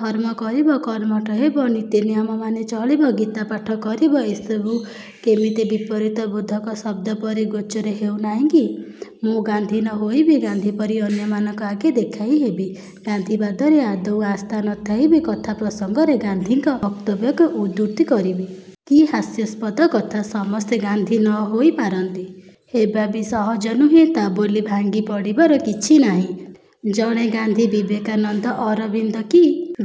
ଧର୍ମ କରିବ। କର୍ମଠ ହେବ। ନୀତିନିୟମ ମାନି ଚଳିବ। ଗୀତା ପାଠ କରିବ। ଏସବୁ କେମିତି ବିପରୀତବୋଧକ ଶବ୍ଦ ପରି ଗୋଚର ହେଉ ନାହିଁକି? ମୁଁ ଗାନ୍ଧୀ ନ ହୋଇବି ଗାନ୍ଧୀ ପରି ଅନ୍ୟମାନଙ୍କ ଆଗେ ଦେଖାଇ ହେବି। ଗାନ୍ଧୀବାଦରେ ଆଦୌ ଆସ୍ଥା ନଥାଇବି କଥା ପ୍ରସଙ୍ଗରେ ଗାନ୍ଧୀଙ୍କ ବକ୍ତବ୍ୟକୁ ଉଦ୍ଧୃତି କରିବି। କି ହାସ୍ୟାସ୍ପଦ କଥା! ସମସ୍ତେ ଗାନ୍ଧୀ ନହୋଇ ପାରନ୍ତି। ହେବା ବି ସହଜ ନୁହେଁ, ତା'ବୋଲି ଭାଙ୍ଗି ପଡ଼ିବାର କିଛି ନାହିଁ। ଜଣେ ଗାନ୍ଧୀ, ବିବେକାନନ୍ଦ, ଅରବିନ୍ଦ କି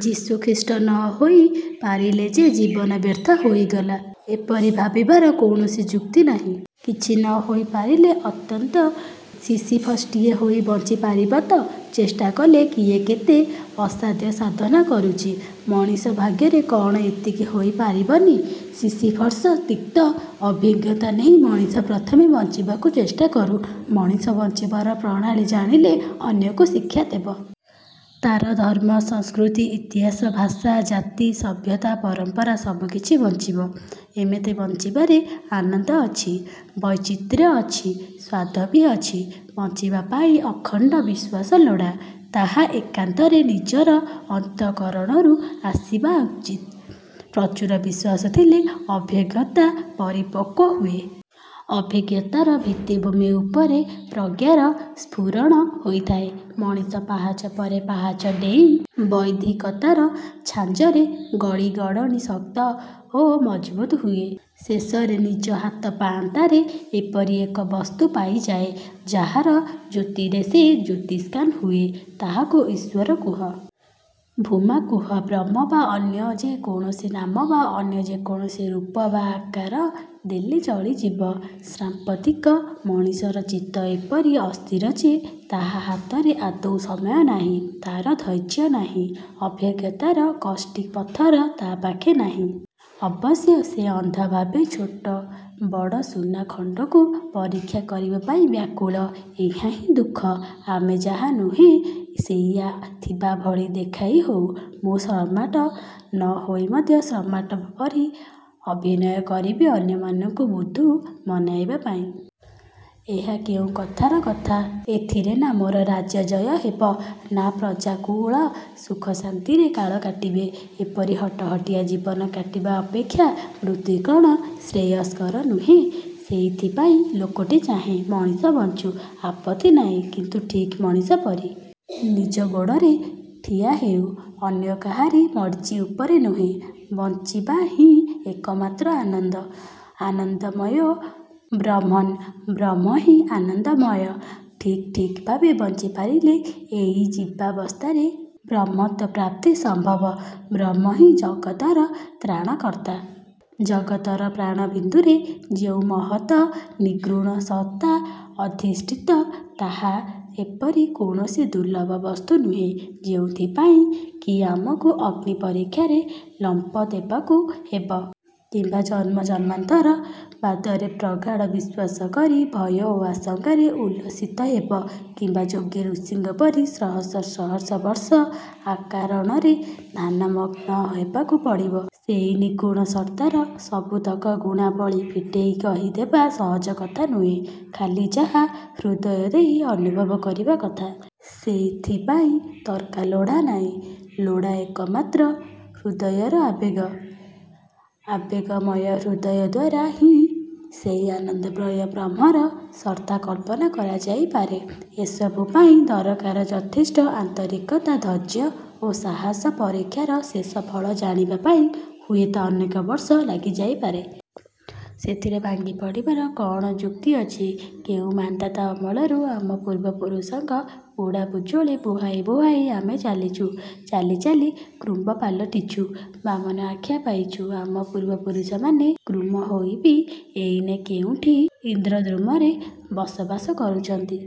ଯୀଶୁଖ୍ରୀଷ୍ଟ ନହୋଇ ପାରିଲେ ଯେ ଜୀବନ ବ୍ୟର୍ଥ ହୋଇଗଲା, ଏପରି ଭାବିବାର କୌଣସି ଯୁକ୍ତି ନାହିଁ। କିଛି ନହୋଇ ପାରିଲେ ଅନ୍ତତଃ ସିସିଫସ୍ଟିଏ ହୋଇ ବଞ୍ଚି ପାରିବତ। ଚେଷ୍ଟାକଲେ କିଏ କେତେ ଅସାଧ୍ୟ ସାଧନ କରୁଛି। ମଣିଷ ଭାଗ୍ୟରେ କ'ଣ ଏତିକି ହୋଇ ପାରିବନି? ସିସିଫସ୍ର ତିକ୍ତ ଅଭିଜ୍ଞତା ନେଇ ମଣିଷ ପ୍ରଥମେ ବଞ୍ଚିବାକୁ ଚେଷ୍ଟା କରୁ। ମଣିଷ ବଞ୍ଚିବାର ପ୍ରଣାଳୀ ଜାଣିଲେ ଅନ୍ୟକୁ ଶିକ୍ଷା ଦେବ। ତା'ର ଧର୍ମ, ସଂସ୍କୃତି, ଇତିହାସ, ଭାଷା, ଜାତି, ସଭ୍ୟତା, ପରମ୍ପରା–ସବୁକିଛି ବଞ୍ଚିବ। ଏମିତି ବଞ୍ଚିବାରେ ଆନନ୍ଦ ଅଛି। ବୈଚିତ୍ର୍ୟ ଅଛି। ସ୍ୱାଦ ବି ଅଛି। ବଞ୍ଚିବା ପାଇଁ ଅଖଣ୍ଡ ବିଶ୍ୱାସ ଲୋଡ଼ା। ତାହା ଏକାନ୍ତରେ ନିଜର ଅନ୍ତଃକରଣରୁ ଆସିବା ଉଚିତ। ପ୍ରଚୁର ବିଶ୍ୱାସ ଥିଲେ ଅଭିଜ୍ଞତା ପରିପକ୍ୱ ହୁଏ। ଅଭିଜ୍ଞତାର ଭିତ୍ତିଭୂମି ଉପରେ ପ୍ରଜ୍ଞାର ସ୍ଫୁରଣ ହୋଇଥାଏ। ମଣିଷ ପାହାଚ ପରେ ପାହାଚ ଡେଇଁ ବୌଦ୍ଧିକତାର ଛାଞ୍ଚରେ ଗଡ଼ି ଗଡନି ଶକ୍ତ ଓ ମଜବୁତ୍ ହୁଏ। ଶେଷରେ ନିଜ ହାତ ପାଆନ୍ତାରେ ଏପରି ଏକ ବସ୍ତୁ ପାଇଯାଏ ଯାହାର ଜ୍ୟୋତିରେ ସେ ଜ୍ୟୋତିଷ୍ମାନ ହୁଏ। ତାହାକୁ ଈଶ୍ୱର କୁହ। ଭୂମା କୁହ। ବ୍ରହ୍ମ ବା ଅନ୍ୟ ଯେ କୌଣସି ନାମ ବା ଅନ୍ୟ ଯେ କୌଣସି ରୂପ ବା ଆକାର ଦେଲେ ଚଳିଯିବ। ସାଂପ୍ରତିକ ମଣିଷର ଚିତ୍ତ ଏପରି ଅସ୍ଥିର ଯେ ତାହା ହାତରେ ଆଦୌ ସମୟ ନାହିଁ। ତା'ର ଧୈର୍ଯ୍ୟ ନାହିଁ। ଅଭିଜ୍ଞତାର କଷ୍ଟି ପଥର ତା' ପାଖେ ନାହିଁ। ଅବଶ୍ୟ ସେ ଅନ୍ଧ ଭାବେ ଛୋଟ ବଡ଼ ସୁନା ଖଣ୍ଡକୁ ପରୀକ୍ଷା କରିବା ପାଇଁ ବ୍ୟାକୁଳ। ଏହାହିଁ ଦୁଃଖ। ଆମେ ଯାହା ନୁହଁ, ସେଇଆ ଥିବାଭଳି ଦେଖାଇ ହଉ। ମୁଁ ସମ୍ରାଟ ନ ହୋଇ ମଧ୍ୟ ସମ୍ରାଟ ପରି ଅଭିନୟ କରିବି ଅନ୍ୟମାନଙ୍କୁ ବୁଦ୍ଦୁ ବନେଇବା ପାଇଁ। ଏହା କେଉଁ କଥାର କଥା। ଏଥିରେ ନାଁ ମୋର ରାଜ୍ୟଜୟ ହେବ? ନାଁ ପ୍ରଜାକୁଳ ସୁଖଶାନ୍ତିରେ କାଳ କାଟିବେ? ଏପରି ହଟହଟିଆ ଜୀବନ କାଟିବା ଅପେକ୍ଷା ମୃତ୍ୟୁ କ'ଣ ଶ୍ରେୟସ୍କର ନୁହେଁ? ସେଇଥିପାଇଁ ଲୋକଟି ଚାହେଁ, ମଣିଷ ବଞ୍ଚୁ। ଆପତ୍ତି ନାହିଁ। କିନ୍ତୁ ଠିକ୍ ମଣିଷ ପରି। ନିଜ ଗୋଡ଼ରେ ଠିଆ ହେଉ। ଅନ୍ୟ କାହାରି ମର୍ଜି ଉପରେ ନୁହେଁ। ବଞ୍ଚିବାହିଁ ଏକମାତ୍ର ଆନନ୍ଦ। ଆନନ୍ଦମୟୋ ବ୍ରହ୍ମନ୍। ବ୍ରହ୍ମହିଁ ଆନନ୍ଦମୟ। ଠିକ୍ ଠିକ୍ ଭାବେ ବଞ୍ଚି ପାରିଲେ ଏଇ ଜୀବାବସ୍ଥାରେ ବ୍ରହ୍ମତ୍ୱ ପ୍ରାପ୍ତି ସମ୍ଭବ। ବ୍ରହ୍ମହିଁ ଜଗତର ତ୍ରାଣକର୍ତ୍ତା। ଜଗତର ପ୍ରାଣବିନ୍ଦୁରେ ଯେଉଁ ମହତ୍ ନିର୍ଗୁଣ ସତ୍ତା ଅଧିଷ୍ଠିତ, ତାହା ଏପରି କୌଣସି ଦୁର୍ଲଭ ବସ୍ତୁ ନୁହେଁ ଯେଉଁଥି ପାଇଁ କି ଆମକୁ ଅଗ୍ନିପରୀକ୍ଷାରେ ଲମ୍ଫ ଦେବାକୁ ହେବ। କିମ୍ବା ଜନ୍ମ ଜନ୍ମାନ୍ତର ବାଦରେ ପ୍ରଗାଢ଼ ବିଶ୍ୱାସ କରି ଭୟ ଓ ଆଶଙ୍କାରେ ଉଲ୍ଲସିତ ହେବ, କିମ୍ବା ଯୋଗୀଋଷିଙ୍କ ପରି ସହସ୍ର ସହସ୍ର ବର୍ଷ ଅକାରଣରେ ଧ୍ୟାନମଗ୍ନ ହେବାକୁ ପଡ଼ିବ। ସେଇ ନିର୍ଗୁଣ ସତ୍ତାର ସବୁତକ ଗୁଣାବଳୀ ଫିଟେଇ କହିଦେବା ସହଜ କଥାନୁହେଁ। ଖାଲି ଯାହା ହୃଦୟ ଦେଇ ଅନୁଭବ କରିବା କଥା। ଏଥିପାଇଁ ତର୍କ ଲୋଡ଼ା ନାହିଁ। ଲୋଡ଼ା ଏକମାତ୍ର ହୃଦୟର ଆବେଗ। ଆବେଗମୟ ହୃଦୟଦ୍ୱାରା ହିଁ ସେଇ ଆନନ୍ଦମୟ ବ୍ରହ୍ମର ସତ୍ତା କଳ୍ପନା କରାଯାଇପାରେ। ଏସବୁ ପାଇଁ ଦରକାର ଯଥେଷ୍ଟ ଆନ୍ତରିକତା ଧୈର୍ଯ୍ୟ ଓ ସାହାସ, ପରୀକ୍ଷାର ଶେଷ ଫଳ ଜାଣିବା ପାଇଁ ହୁଏତ ଅନେକ ବର୍ଷ ଲାଗିଯାଇପାରେ। ସେଥିରେ ଭାଙ୍ଗି ପଡ଼ିବାର କ'ଣ ଯୁକ୍ତି ଅଛି। କେଉଁ ମାନ୍ଧାତା ଅମଳରୁ ଆମ ପୂର୍ବପୁରୁଷଙ୍କ ପୁଡ଼ାବୁଜୁଳି ବୁହାଇ ବୁହାଇ ଆମେ ଚାଲିଛୁ। ଚାଲି ଚାଲି କୂର୍ମ ପାଲଟିଛୁ। ବାମନ ଆଖ୍ୟା ପାଇଛୁ। ଆମ ପୂର୍ବପୁରୁଷ ମାନେ କୂର୍ମ ହୋଇ ବି ଏଇନେ କେଇଁଠି ଇନ୍ଦ୍ରଦ୍ୟୁମ୍ନରେ ବସବାସ କରୁଛନ୍ତି।